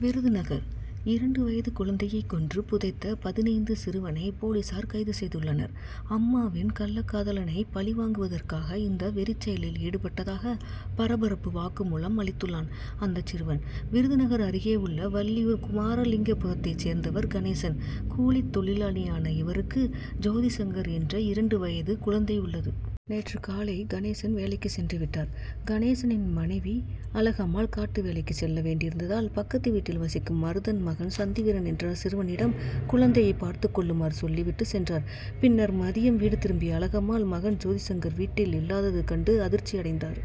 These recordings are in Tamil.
விருதுநகர்: இரண்டு வயது குழந்தையை கொன்று புதைத்த பதினைந்து சிறுவனை போலீசார் கைது செய்துள்ளனர். அம்மாவின் கள்ளக்காதலனை பழிவாங்குவதற்காக இந்த வெறிச்செயலில் ஈடுபட்டதாக பரபரப்பு வாக்குமூலம் அளித்துள்ளான் அந்த சிறுவன். விருதுநகர் அருகே உள்ள வள்ளியூர் குமாரலிங்கபுரத்தைச் சேர்ந்தவர் கணேசன். கூலித் தொழிலாளியான இவருக்கு ஜோதிசங்கர் என்ற இரண்டு வயது குழந்தை உள்ளது. நேற்று காலை கணேசன் வேலைக்கு சென்று விட்டார். கணேசனின் மனைவி அழகம்மாள் காட்டு வேலைக்கு செல்ல வேண்டியிருந்ததால் பக்கத்து வீட்டில் வசிக்கும் மருதன் மகன் சந்திவீரன் என்ற சிறுவனிடம் குழந்தையை பார்த்துக்கொள்ளுமாறு சொல்லி விட்டுச் சென்றார். பின்னர் மதியம் வீடு திரும்பிய அழகம்மாள், மகன் ஜோதிசங்கர் வீட்டில் இல்லாதது கண்டு அதிர்ச்சியடைந்தார்.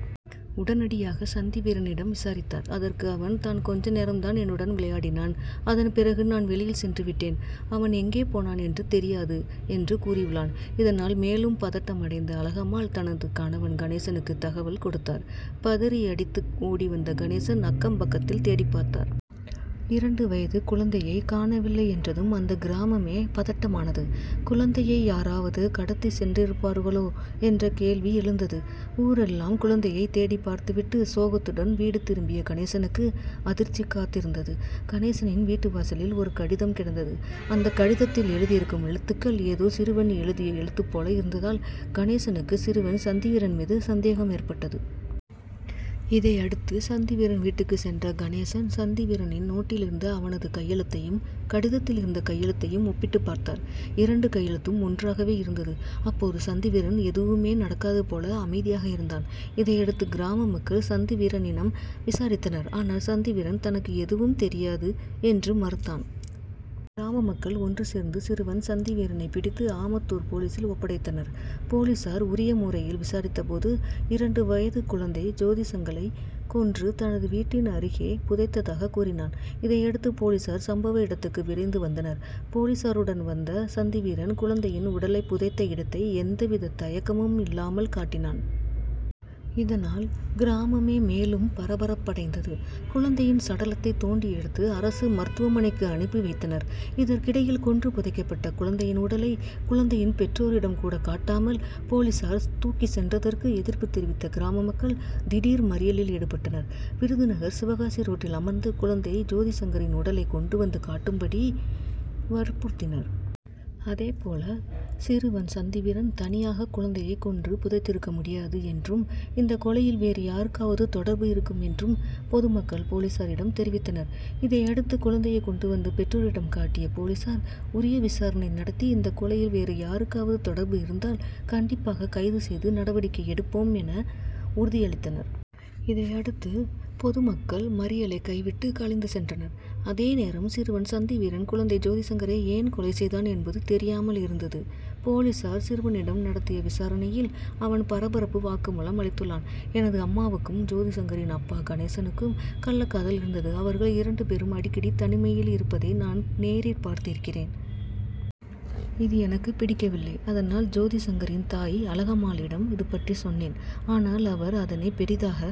உடனடியாக சந்திவீரனிடம் விசாரித்தார். அதற்கு அவன், தான் கொஞ்சநேரம்தான் என்னுடன் விளையாடினான். அதன் பிறகு நான் வெளியில் சென்று விட்டேன். அவன் எங்கே போனான் என்று தெரியாது, என்று கூறியுள்ளான். இதனால் மேலும் பதட்டமடைந்த அழகம்மாள், தனது கணவன் கணேசனுக்கு தகவல் கொடுத்தார். பதறியடித்து ஓடிவந்த கணேசன், அக்கம் பக்கத்தில் தேடிப்பார்த்தார். இரண்டு வயது குழந்தையை காணவில்லை என்றதும் அந்த கிராமமே பதட்டமானது. குழந்தையை யாராவது கடத்தி சென்றிருப்பார்களோ? என்ற கேள்வி எழுந்தது. ஊரெல்லாம் குழந்தையை தேடிப்பார்த்து விட்டு சோகத்துடன் வீடு திரும்பிய கணேசனுக்கு அதிர்ச்சி காத்திருந்தது. கணேசனின் வீட்டு வாசலில் ஒரு கடிதம் கிடந்தது. அந்த கடிதத்தில் எழுதியிருக்கும் எழுத்துக்கள் ஏதோ சிறுவன் எழுதிய எழுத்து போல இருந்ததால் கணேசனுக்கு, சிறுவன் சந்திவீரன் மீது சந்தேகம் ஏற்பட்டது. இதையடுத்து சந்திவீரன் வீட்டுக்கு சென்ற கணேசன், சந்திவீரனின் நோட்டில் இருந்த அவனது கையெழுத்தையும், கடிதத்தில் இருந்த கையெழுத்தையும் ஒப்பிட்டு பார்த்தார். இரண்டு கையெழுத்தும் ஒன்றாகவே இருந்தது. அப்போது சந்திவீரன் எதுவுமே நடக்காது போல அமைதியாக இருந்தான். இதையடுத்து கிராம மக்கள் சந்திவீரனிடம் விசாரித்தனர். ஆனால் சந்திவீரன், தனக்கு எதுவும் தெரியாது என்று மறுத்தான். கிராமமக்கள் ஒன்றுசேர்ந்து சிறுவன் சந்திவீரனை பிடித்து ஆமத்தூர் போலீசில் ஒப்படைத்தனர். போலீசார் உரிய முறையில் விசாரித்தபோது, இரண்டு வயது குழந்தை ஜோதிசங்கரை கொன்று தனது வீட்டின் அருகே புதைத்ததாக கூறினான். இதையடுத்து போலீசார் சம்பவ இடத்துக்கு விரைந்து வந்தனர். போலீசாருடன் வந்த சந்திவீரன், குழந்தையின் உடலை புதைத்த இடத்தை எந்தவித தயக்கமும் இல்லாமல் காட்டினான். இதனால் கிராமமே மேலும் பரபரப்படைந்தது. குழந்தையின் சடலத்தை தோண்டி எடுத்து அரசு மருத்துவமனைக்கு அனுப்பி வைத்தனர். இதற்கிடையில், கொன்று புதைக்கப்பட்ட குழந்தையின் உடலை குழந்தையின் பெற்றோரிடம் கூட காட்டாமல் போலீசார் தூக்கிச் சென்றதற்கு எதிர்ப்பு தெரிவித்த கிராம மக்கள் திடீர் மறியலில் ஈடுபட்டனர். விருதுநகர்- சிவகாசி ரோட்டில் அமர்ந்து குழந்தை ஜோதி சங்கரின் உடலை கொண்டு வந்து காட்டும்படி வற்புறுத்தினர். அதேபோல சிறுவன் சந்திவீரன் தனியாக குழந்தையை கொன்று புதைத்திருக்க முடியாது என்றும், இந்த கொலையில் வேறு யாருக்காவது தொடர்பு இருக்கும் என்றும் பொதுமக்கள் போலீசாரிடம் தெரிவித்தனர். இதையடுத்து குழந்தையை கொண்டு வந்து பெற்றோரிடம் காட்டிய போலீசார், உரிய விசாரணை நடத்தி இந்த கொலையில் வேறு யாருக்காவது தொடர்பு இருந்தால் கண்டிப்பாக கைது செய்து நடவடிக்கை எடுப்போம், என உறுதி அளித்தனர். இதையடுத்து பொதுமக்கள் மறியலை கைவிட்டு கலைந்து சென்றனர். அதேநேரம் சிறுவன் சந்திவீரன், குழந்தை ஜோதிசங்கரை ஏன் கொலை செய்தான்? என்பது தெரியாமல் இருந்தது. போலீசார் சிறுவனிடம் நடத்திய விசாரணையில் அவன் பரபரப்பு வாக்குமூலம் அளித்துள்ளான். எனது அம்மாவுக்கும், ஜோதிசங்கரின் அப்பா கணேசனுக்கும் கள்ளக்காதல் இருந்தது. அவர்கள் இரண்டுபேரும் அடிக்கடி தனிமையில் இருப்பதை நான் நேரில் பார்த்திருக்கிறேன். இது எனக்கு பிடிக்கவில்லை. அதனால் ஜோதிசங்கரின் தாய் அழகம்மாளிடம் இதுபற்றி சொன்னேன். ஆனால் அவர் அதனை பெரிதாக